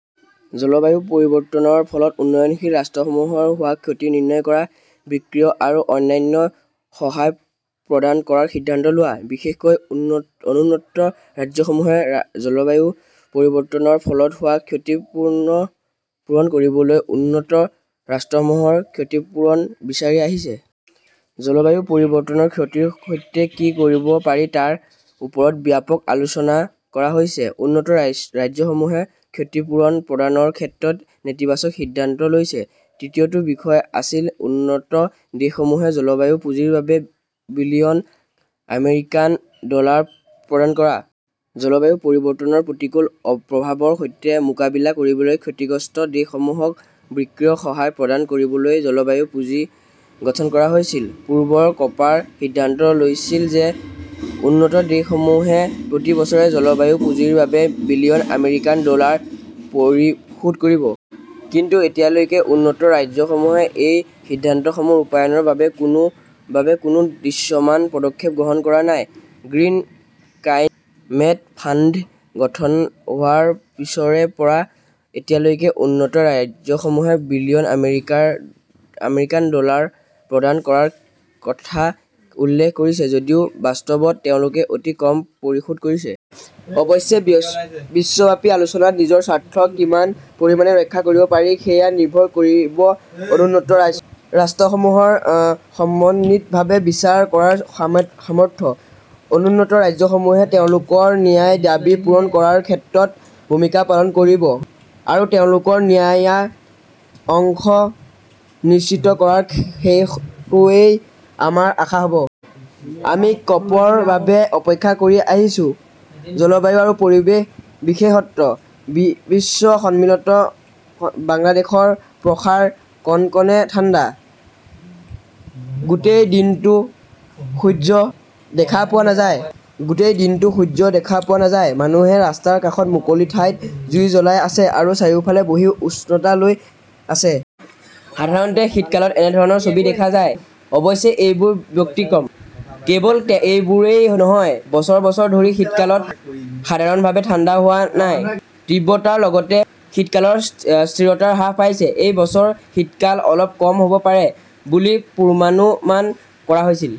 জলবায়ু পৰিৱৰ্তনৰ ফলত উন্নয়নশীল ৰাষ্ট্ৰসমূহক হোৱা ক্ষতি নিৰ্ণয় কৰা, বিত্তীয় আৰু অন্যান্য সহায় প্ৰদান কৰাৰ সিদ্ধান্ত লোৱা। বিশেষকৈ অনুন্নত ৰাজ্যসমূহে জলবায়ু পৰিৱৰ্তনৰ ফলত হোৱা ক্ষতি পূৰণ কৰিবলৈ উন্নত ৰাজ্যসমূহৰ পৰা ক্ষতিপূৰণ বিচাৰি আহিছে। জলবায়ু পৰিৱৰ্তনৰ ক্ষতিৰ সৈতে কি কৰিব পাৰি তাৰ ওপৰত ব্যাপক আলোচনা কৰা হৈছে। উন্নত ৰাজ্যসমূহে ক্ষতিপূৰণ প্ৰদানৰ ক্ষেত্ৰত নেতিবাচক সিদ্ধান্ত লৈছে। তৃতীয়টো বিষয় আছিল উন্নত দেশসমূহে জলবায়ু পুঁজিৰ বাবে বিলিয়ন আমেৰিকান ডলাৰ প্ৰদান কৰা। জলবায়ু পৰিৱৰ্তনৰ প্ৰতিকূল প্ৰভাৱৰ সৈতে মোকাবিলা কৰিবলৈ ক্ষতিগ্ৰস্ত দেশসমূহক বিত্তীয় সহায় প্ৰদান কৰিবলৈ জলবায়ু পুঁজি গঠন কৰা হৈছিল। পূৰ্বৰ কাপৰ সিদ্ধান্ত আছিল যে উন্নত দেশসমূহে প্ৰতি বছৰে জলবায়ু পুঁজিৰ বাবে বিলিয়ন আমেৰিকান ডলাৰ পৰিশোধ কৰিব। কিন্তু এতিয়ালৈকে উন্নত ৰাজ্যসমূহে এই সিদ্ধান্তসমূহ ৰূপায়ণৰ বাবে কোনো দৃশ্যমান পদক্ষেপ গ্ৰহণ কৰা নাই। গ্ৰীণ ক্লাইমেট ফাণ্ড গঠন হোৱাৰ পিছৰে পৰা এতিয়ালৈকে উন্নত ৰাজ্যসমূহে বিলিয়ন আমেৰিকান ডলাৰ প্ৰদান কৰাৰ কথা উল্লেখ কৰিছে যদিও বাস্তৱত তেওঁলোকে অতি কম পৰিশোধ কৰিছে। অৱশ্যে, বিশ্বব্যাপী আলোচনাত নিজৰ স্বাৰ্থ কিমান পৰিমাণে ৰক্ষা কৰিব পাৰি সেয়া নিৰ্ভৰ কৰিব অনুন্নত ৰাষ্ট্ৰসমূহৰ সমন্বিতভাৱে বিচাৰ কৰাৰ সামৰ্থ্য। অনুন্নত ৰাজ্যসমূহে তেওঁলোকৰ ন্যায্য দাবী পূৰণ কৰাত সক্ৰিয় ভূমিকা পালন কৰক আৰু তেওঁলোকৰ ন্যায্য অংশ নিশ্চিত কৰক-সেইটোৱেই আমাৰ আশা হ'ব। আমি কপ- ৰ বাবে অপেক্ষা কৰি আছিলো। জলবায়ু আৰু পৰিৱেশ বিশেষজ্ঞ । বিশ্ব সন্মিলনত বাংলাদেশৰ প্ৰসাৰ কনকনে ঠাণ্ডা। গোটেই দিনটো সূৰ্য দেখা পোৱা নাযায়। মানুহে ৰাস্তাৰ কাষত, মুকলি ঠাইত জুই জ্বলাই আছে আৰু চাৰিওফালে বহি উষ্ণতা লৈ আছে। সাধাৰণতে শীতকালত এনে ধৰণৰ ছবি দেখা যায়। অৱশ্যে এইবাৰ ব্যতিক্ৰম। কেৱল এইবাৰেই নহয়, বছৰ বছৰ ধৰি শীতকালত সাধাৰণভাৱে ঠাণ্ডা হোৱা নাই। তীব্ৰতাৰ লগতে শীতকালৰ স্থিৰতাও হ্ৰাস পাইছে। এই বছৰ শীতকাল অলপ কম হ'ব পাৰে বুলি পূৰ্বানুমান কৰা হৈছিল।